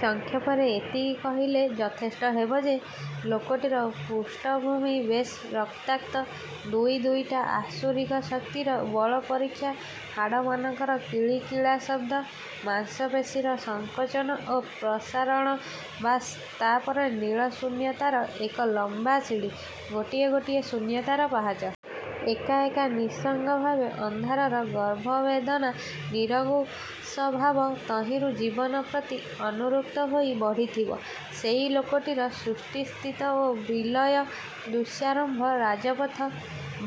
ସଂକ୍ଷେପରେ ଏତିକି କହିଲେ ଯଥେଷ୍ଟ ହେବ ଯେ, ଲୋକଟିର ପୃଷ୍ଠଭୂମି ବେଶ୍ ରକ୍ତାକ୍ତ-। ଦୁଇ ଦୁଇଟା ଆସୁରିକ ଶକ୍ତିର ବଳ ପରୀକ୍ଷା। ହାଡ଼ମାନଙ୍କର କିଳିକିଳା ଶବ୍ଦ। ମାଂସପେଶୀର ସଂକୋଚନ ଓ ପ୍ରସାରଣ। ବାସ୍, ତା'ପରେ ନୀଳ ଶୂନ୍ୟତାର ଏକ ଲମ୍ବା ସିଡ଼ି। ଗୋଟି ଗୋଟି ଶୂନ୍ୟତାର ପାହାଚ। ଏକା ଏକା ନିଃସଙ୍ଗଭାବ। ଅନ୍ଧାରର ଗର୍ଭବେଦନା। ନିରଙ୍କୁଶଭାବ-। ତହିଁରୁ ଜୀବନ ପ୍ରତି ଅନୁରକ୍ତ ହୋଇ ବଢ଼ିଥିବା ସେଇ ଲୋକଟିର ସୃଷ୍ଟି, ସ୍ଥିତି ଓ ବିଲୟ-। ଦୃଶ୍ୟାରମ୍ଭ। ରାଜପଥ।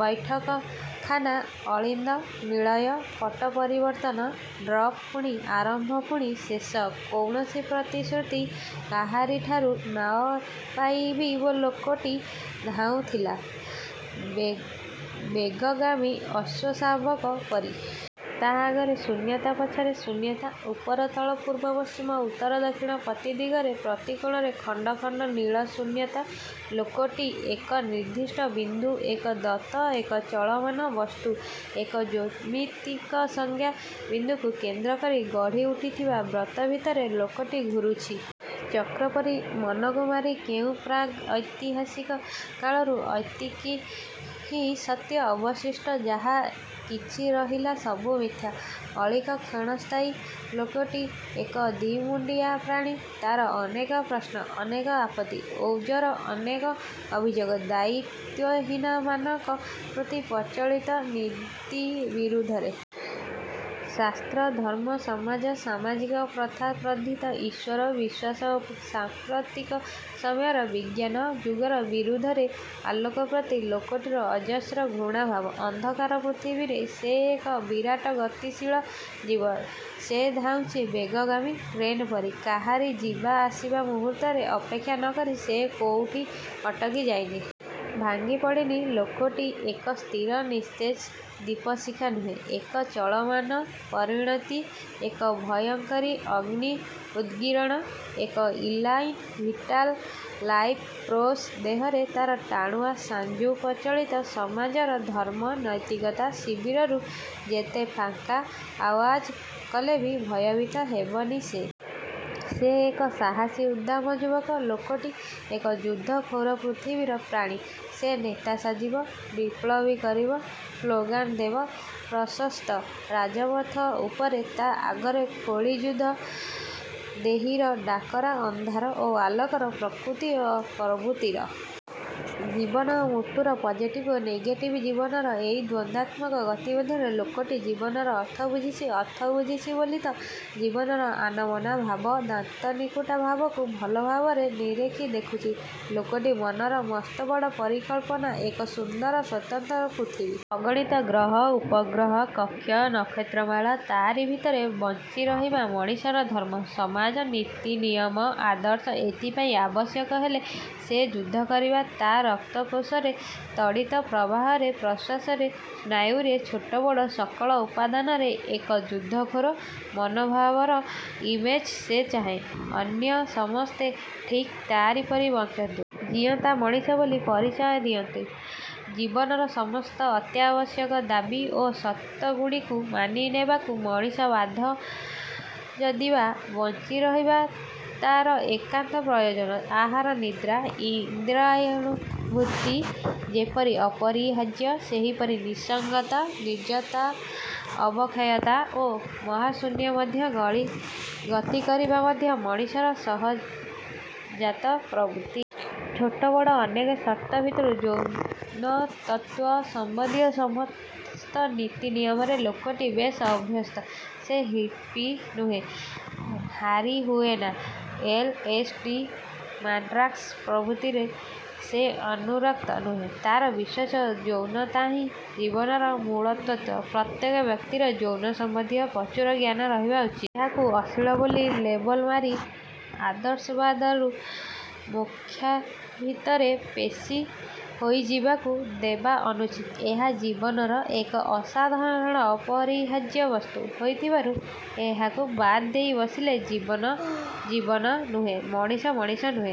ବୈଠକଖାନା। ଅଳିନ୍ଦ, ନିଳୟ, ପଟ୍ଟପରିବର୍ତ୍ତନ। ଡ୍ରପ ପୁଣି ଆରମ୍ଭ ପୁଣି ଶେଷ। କୌଣସି ପ୍ରତିଶ୍ରୁତି କାହାରିଠାରୁ ନପାଇବି ଲୋକଟି ଧାଉଁଥିଲା ବେଗଗାମୀ ଅଶ୍ୱ ଶାବକ ପରି। ତା' ଆଗରେ ଶୂନ୍ୟତା। ପଛରେ ଶୂନ୍ୟତା। ଉପରେ, ତଳେ, ପୂର୍ବ, ପଶ୍ଚିମ, ଉତ୍ତର, ଦକ୍ଷିଣ ପ୍ରତି ଦିଗରେ, ପ୍ରତି କୋଣରେ ଖଣ୍ଡ ଖଣ୍ଡ ନୀଳ ଶୂନ୍ୟତା। ଲୋକଟି ଏକ ନିର୍ଦ୍ଦିଷ୍ଟ ବିନ୍ଦୁ, ଏକ ଦତ୍ତ! ଏକ ଚଳମାନ ବସ୍ତୁ। ଏକ ଜ୍ୟାମିତିକ ସଂଜ୍ଞା। ବିନ୍ଦୁକୁ କେନ୍ଦ୍ରକରି ଗଢ଼ି ଉଠିଥିବା ବ୍ରତ ଭିତରେ ଲୋକଟି ଘୂରୁଛି। ଚକ୍ରପରି ମନକୁ ମାରି କେଉଁ ପ୍ରାଗ୍-ଐତିହାସିକ କାଳରୁ! ଏତିକି ହିଁ ସତ୍ୟ। ଅବଶିଷ୍ଟ ଯାହା କିଛି ରହିଲା ସବୁ ମିଥ୍ୟା। ଅଳୀକ କ୍ଷଣସ୍ଥାୟୀ। ଲୋକଟି ଏକ ଦିମୁଣ୍ଡିଆ ପ୍ରାଣୀ। ତା'ର ଅନେକ ପ୍ରଶ୍ନ। ଅନେକ ଆପତ୍ତି ଓଜର। ଅନେକ ଅଭିଯୋଗ ଦାୟିତ୍ୱହୀନ ମାନଙ୍କ ପ୍ରତି। ପ୍ରଚଳିତ ନୀତି ବିରୁଦ୍ଧରେ। ଶାସ୍ତ୍ର, ଧର୍ମ, ସମାଜ, ସାମାଜିକ ପ୍ରଥା ପଦ୍ଧତି, ଈଶ୍ୱର ବିଶ୍ୱାସ ଓ ସାଂପ୍ରତିକ ସମୟର ବିଜ୍ଞାନ ଯୁଗ ବିରୁଦ୍ଧରେ। ଆଲୋକପ୍ରତି ଲୋକଟିର ଅଜସ୍ର ଘୃଣାଭାବ। ଅନ୍ଧକାର ପୃଥିବୀରେ ସେ ଏକ ବିରାଟ ଗତିଶୀଳ ଜୀବ। ସେ ଧାଉଁଛି ବେଗଗାମୀ ଟ୍ରେନପରି। କାହାରି ଯିବା ଆସିବା ମୁହୂର୍ତ୍ତରେ ଅପେକ୍ଷା ନକରି ସେ କୋଉଠି ଅଟକି ଯାଇନି। ଭାଙ୍ଗିପଡ଼ିନି। ଲୋକଟି ଏକ ସ୍ଥିର, ନିସ୍ତେଜ, ଦୀପଶିଖା ନୁହେଁ। ଏକ ଚଳମାନ ପରିଣତି। ଏକ ଭୟଙ୍କରୀ ଅଗ୍ନି ଉଦ୍ଗିରଣ। ଏକ ଇଲାନ୍ ଭିଟାଲ୍। Life force. ଦେହରେ ତା'ର ଟାଣୁଆ ସାଞ୍ଜୁ। ପ୍ରଚଳିତ ସମାଜର ଧର୍ମ, ନୈତିକତା ଶିବିରରୁ ଯେତେ ଫାଙ୍କା ଆଓ୍ୱାଜ କଲେବି ଭୟଭୀତ ହେବନି ସେ। ସେ ଏକ ସାହସୀ ଉଦ୍ଦାମ ଯୁବକ।। ଲୋକଟି ଏକ ଯୁଦ୍ଧ ଖୋର ପୃଥିବୀର ପ୍ରାଣୀ। ସେ ନେତା ସାଜିବ। ବିପ୍ଳବ କରିବ। ସ୍ଳୋଗାନ ଦେବ ପ୍ରସସ୍ଥ ରାଜପଥ ଉପରେ। ତା' ଆଗରେ ଖାଲି ଯୁଦ୍ଧଂ ଦେହୀର ଡାକରା। ଅନ୍ଧାର ଓ ଆଲୋକର। ପ୍ରକୃତି ଓ ପ୍ରବୃତ୍ତିର! ଜୀବନ ଓ ମୃତ୍ୟୁର। ପଜିଟିଭ୍ ଓ ନେଗେଟିଭ୍ର। ଜୀବନର ଏଇ ଦ୍ୱନ୍ଦାତ୍ମକ ଗତିମଧ୍ୟରେ ଲୋକଟି ଜୀବନର ଅର୍ଥ ବୁଝିଛି। ଅର୍ଥ ବୁଝିଛି ବୋଲିତ ଜୀବନର ଆନମନା ଭାବ, ଦାନ୍ତନିକୁଟା ଭାବକୁ ଭଲଭାବରେ ନିରେଖି ଦେଖୁଛି। ଲୋକଟି ମନରେ ମସ୍ତବଡ଼ ପରିକଳ୍ପନା। ଏକ ସୁନ୍ଦର ସ୍ୱତନ୍ତ୍ର ପୃଥିବୀ। ଅଗଣିତ ଗ୍ରହ, ଉପଗ୍ରହ, କକ୍ଷ, ନକ୍ଷତ୍ରମାଳା। ତା'ରି ଭିତରେ ବଞ୍ଚିରହିବ ମଣିଷର ଧର୍ମ, ସମାଜ, ନୀତିନିୟମ, ଆଦର୍ଶ। ଏଥିପାଇଁ ଆବଶ୍ୟକ ହେଲେ ସେ ଯୁଦ୍ଧକରିବ। ତା' ରକ୍ତକୋଷରେ। ତଡ଼ିତ୍ ପ୍ରବାହରେ, ପ୍ରଶ୍ୱାସରେ, ସ୍ନାୟୁରେ, ଛୋଟବଡ଼ ସକଳ ଉପାଦାନରେ ଏକ ଯୁଦ୍ଧଖୋର ମନୋଭାବର ଇମେଜ୍। ସେ ଚାହେଁ ଅନ୍ୟସମସ୍ତେ ଠିକ୍ ତା'ରି ପରି ବଞ୍ଚନ୍ତୁ। ଜିଅନ୍ତା ମଣିଷ ବୋଲି ପରିଚୟ ଦିଅନ୍ତୁ। ଜୀବନର ସମସ୍ତ ଅତ୍ୟାବଶ୍ୟକ ଦାବି ଓ ସର୍ତ୍ତଗୁଡ଼ିକୁ ମାନିନେବାକୁ ମଣିଷ ବାଧ୍ୟ। ଯଦିବା ବଞ୍ଚିରହିବା ତା'ର ଏକାନ୍ତ ପ୍ରୟୋଜନ। ଆହାର, ନିଦ୍ରା, ଇନ୍ଦ୍ରିୟାନୁଭୂତି ଯେପରି ଅପରିହାର୍ଯ୍ୟ ସେହିପରି ନିଃସଙ୍ଗତା ନିର୍ଜନତା, ଅବକ୍ଷୟତା ଓ ମହାଶୂନ୍ୟ ମଧ୍ୟ ଗତିକରିବା ମଧ୍ୟ ମଣିଷର ସହଜାତ ପ୍ରବୃତ୍ତି। ଛୋଟ ବଡ଼ ଅନେକ ସର୍ତ୍ତ ଭିତରୁ ଯୌନତତ୍ତ୍ୱ ସମ୍ବନ୍ଧୀୟ ସମସ୍ତ ନୀତି ନିୟମରେ ଲୋକଟି ବେଶ୍ ଅଭ୍ୟସ୍ତ। ସେ ହିପ୍ପି ନୁହେଁ। Marijuana, L. S. D. Mandrax ପ୍ରଭୃତିରେ ସେ ଅନୁରକ୍ତ ନୁହେଁ। ତା'ର ବିଶ୍ୱାସ ଯୌନତାହିଁ ଜୀବନର ମୂଳତତ୍ତ୍ୱ। ପ୍ରତ୍ୟେକ ବ୍ୟକ୍ତିର ଯୌନ ସମ୍ବନ୍ଧୀୟ ପ୍ରଚୁର ଜ୍ଞାନ ରହିବା ଉଚିତ। ଏହାକୁ ଅଶ୍ଳୀଳ ବୋଲି ଲେବଲ୍ ମାରି ଆଦର୍ଶବାଦର ମୁଖାଭିତରେ ପେଶୀ ହୋଇଯିବାକୁ ଦେବା ଅନୁଚିତ। ଏହା ଜୀବନର ଏକ ଅସାଧାରଣ ଅପରିହାର୍ଯ୍ୟ ବସ୍ତୁ ହୋଇଥିବାରୁ ଏହାକୁ ବାଦ୍ ଦେଇ ବସିଲେ ଜୀବନ, ଜୀବନ ନୁହେଁ। ମଣିଷ, ମଣିଷ ନୁହେଁ।